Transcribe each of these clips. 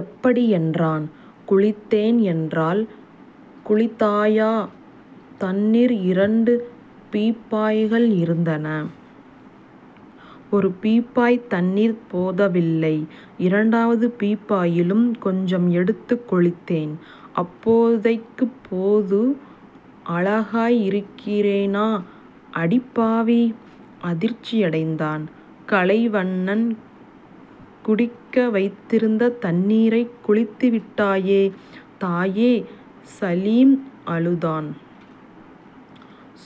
எப்படி? என்றான். குளித்தேன் என்றாள். குளித்தாயா? தண்ணீர்..? இரண்டு பீப்பாய்கள் இருந்தன. ஒரு பீப்பாய்த் தண்ணீர் போதவில்லை. இரண்டாவது பீப்பாயிலும் கொஞ்சம் எடுத்துக் குளித்தேன். அப்போதைக்கிப்போது அழகாய் இருக்கிறேனா? அடிப்பாவி. அதிர்ச்சியடைந்தான் கலைவண்ணன். குடிக்க வைத்திருந்த தண்ணீரைக் குளித்துவிட்டாயே தாயே சலீம் அழுதான்.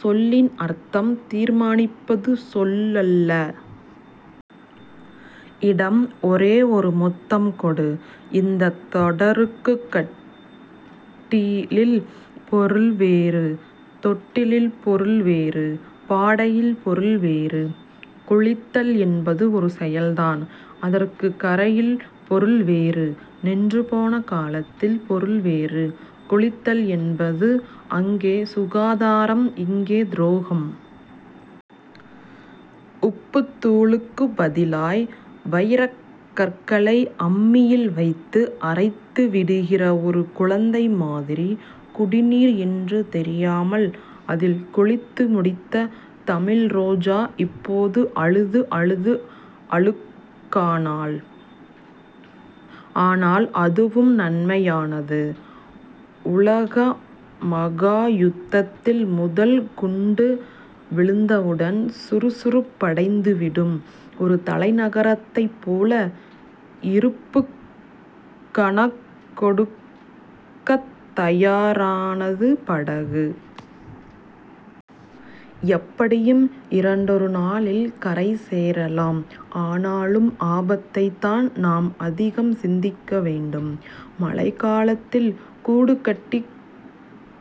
சொல்லின் அர்த்தம் தீர்மானிப்பது சொல்லல்ல. இடம். ஒரே ஒரு முத்தம் கொடு. இந்தத் தொடருக்குக் கட்டிலில் பொருள் வேறு. தொட்டிலில் பொருள் வேறு. பாடையில் பொருள் வேறு. குளித்தல் என்பது ஒரு செயல்தான். அதற்குக் கரையில் பொருள் வேறு. நின்றுபோன காலத்தில் பொருள் வேறு. குளித்தல் என்பது அங்கே சுகாதாரம். இங்கே துரோகம். உப்புத்தூளுக்குப் பதிலாய் வைரக்கற்களை அம்மியில் வைத்து அரைத்துவிடுகிற ஒரு குழந்தை மாதிரி குடிநீர் என்று தெரியாமல் அதில் குளித்து முடித்த தமிழ்ரோஜா இப்போது அழுது அழுது அழுக்கானாள். ஆனால், அதுவும் நன்மையானது. உலகமகா யுத்தத்தில் முதல் குண்டு விழுந்தவுடன் சுறுசுறுப்படைந்துவிடும் ஒரு தலைநகரத்தைப் போல இருப்புக் கணக்கெடுக்கத் தயாரானது படகு. எப்படியும் இரண்டொரு நாளில் கரை சேரலாம். ஆனாலும் ஆபத்தைத்தான் நாம் அதிகம் சிந்திக்க வேண்டும். மழைக்காலத்தில் கூடு கட்டிக்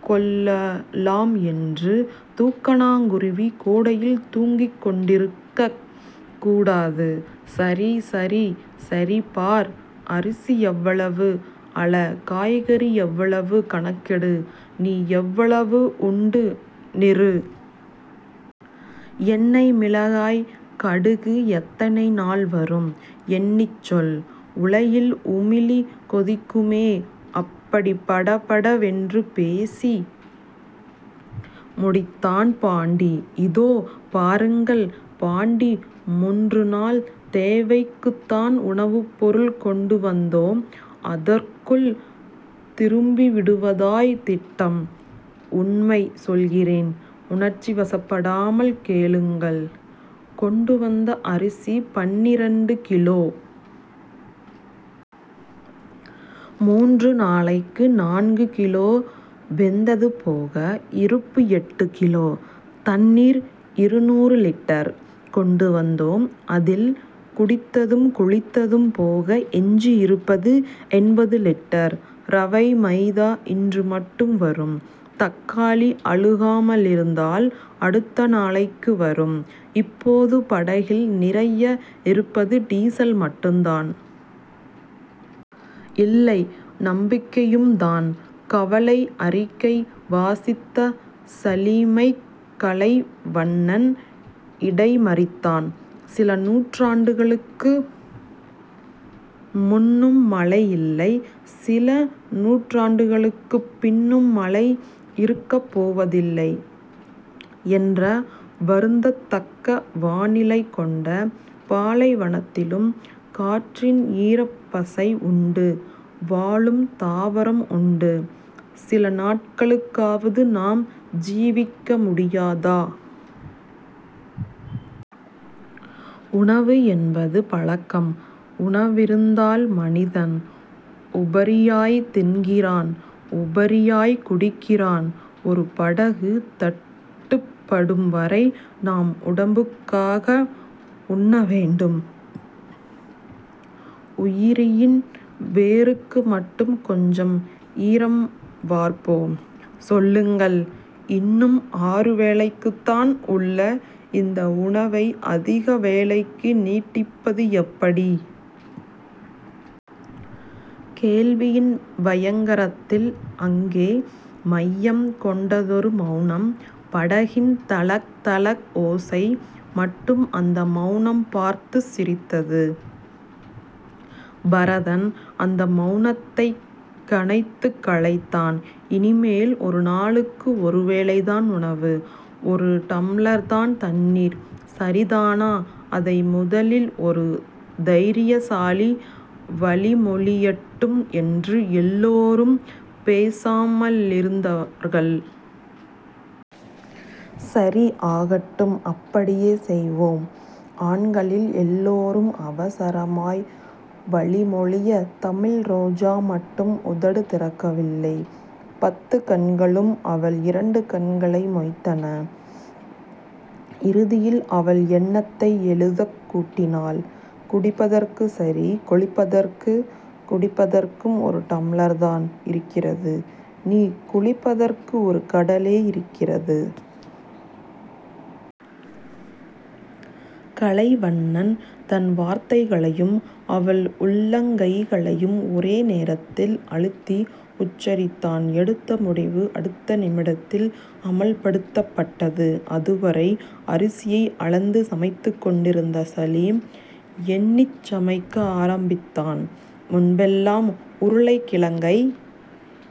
கொள்ளலாம் என்று தூக்கணாங்குருவி கோடையில் தூங்கிக்கொண்டிருக்கக் கூடாது. சரி... சரி... சரி பார். அரிசி எவ்வளவு? அள. காய்கறி எவ்வளவு? கணக்கெடு. நீ எவ்வளவுண்டு நிறு. எண்ணெய் மிளகாய் கடுகு எத்தனை நாள் வரும்? எண்ணிச் சொல். உலையில் குமிழி கொதிக்குமே. அப்படிப் படபடவென்று பேசி முடித்தான் பாண்டி. இதோ பாருங்கள் பாண்டி. முன்று நாள் தேவைக்குத்தான் உணவுப்பொருள் கொண்டு வந்தோம். அதற்குள் திரும்பிவிடுவதாய்த் திட்டம். உண்மை சொல்கிறேன். உணர்ச்சிவசப்படாமல் கேளுங்கள். கொண்டு வந்த அரிசி பன்னிரண்டு கிலோ. முன்று நாளைக்கு. நான்கு கிலோ வெந்தது போக, இருப்பு எட்டு கிலோ. தண்ணீர் இருநூறு லிட்டர் கொண்டு வந்தோம். அதில் குடித்ததும் குளித்ததும் போக எஞ்சியிருப்பது எண்பது லிட்டர். ரவை, மைதா இன்றுமட்டும் வரும். தக்காளி அழுகாமலிருந்தால் அடுத்த நாளைக்கும் வரும். இப்போது படகில் நிறைய இருப்பது டீசல் மட்டும்தான். இல்லை. நம்பிக்கையும்தான். கவலைஅறிக்கை வாசித்த சலீமைக் கலைவண்ணன் இடைமறித்தான். சில நூற்றாண்டுகளுக்கு முன்னும் மழை இல்லை. சில நூற்றாண்டுகளுக்குப் பின்னும் மழை இருக்கப் போவதில்லை என்ற வருந்தத்தக்க வானிலை கொண்ட பாலைவனத்திலும் காற்றின் ஈரப்பசையை உண்டு வாழும் தாவரம் உண்டு. சில நாட்களுக்காவது நாம் ஜீவிக்க முடியாதா? உணவு என்பது பழக்கம். உணவிருந்தால் மனிதன் உபரியாய்த் தின்கிறான். உபரியாய்க் குடிக்கிறான். ஒரு படகு தட்டுப்படும் வரை நாம் உடம்புக்காக உண்ண வேண்டாம். உயிரின் வேருக்கு மட்டும் கொஞ்சம் ஈரம் வார்ப்போம். சொல்லுங்கள்... இன்னும் ஆறு வேளைக்குத்தான் உள்ள இந்த உணவை அதிக வேளைக்கு நீட்டிப்பது எப்படி? கேள்வியின் பயங்கரத்தில் அங்கே மையம் கொண்டதொரு மெளனம். படகின் தளக், தளக், ஓசை மட்டும் அந்த மெளனம் பார்த்துச் சிரித்தது. பரதன் அந்த மெளனத்தைக் கனைத்துக் கலைத்தான். இனிமேல் ஒரு நாளுக்கு ஒரு வேளைதான் உணவு. ஒரு டம்ளர்தான் தண்ணீர். சரிதானா? அதை முதலில் ஒரு தைரியசாலி வழிமொழியட்டும் என்று எல்லோரும் பேசாமலிருந்தார்கள். சரி... ஆகட்டும்... அப்படியே செய்வோம்... ஆண்களில் எல்லோரும் அவசரமாய் வழிமொழிய, தமிழ்ரோஜா மட்டும் உதடுதிறக்கவில்லை. பத்துக் கண்களும் அவள் இரண்டு கண்களை மொய்த்தன. இறுதியில் அவள் எண்ணத்தை எழுத்துக் கூட்டினாள். குடிப்பதற்குச் சரி... குளிப்பதற்கு..? குடிப்பதற்கு ஒரு டம்ளர்தான் இருக்கிறது. நீ குளிப்பதற்கு ஒரு கடலே இருக்கிறது. கலைவண்ணன் தன் வார்த்தைகளையும் அவள் உள்ளங்கைகளையும் ஒரே நேரத்தில் அழுத்தி உச்சரித்தான். எடுத்த முடிவு அடுத்த நிமிடத்தில் அமல்படுத்தப்பட்டது. அதுவரை அரிசியை அளந்து சமைத்துக்கொண்டிருந்த சலீம் எண்ணிச் சமைக்க ஆரம்பித்தான். முன்பெல்லாம் உருளைக்கிழங்கை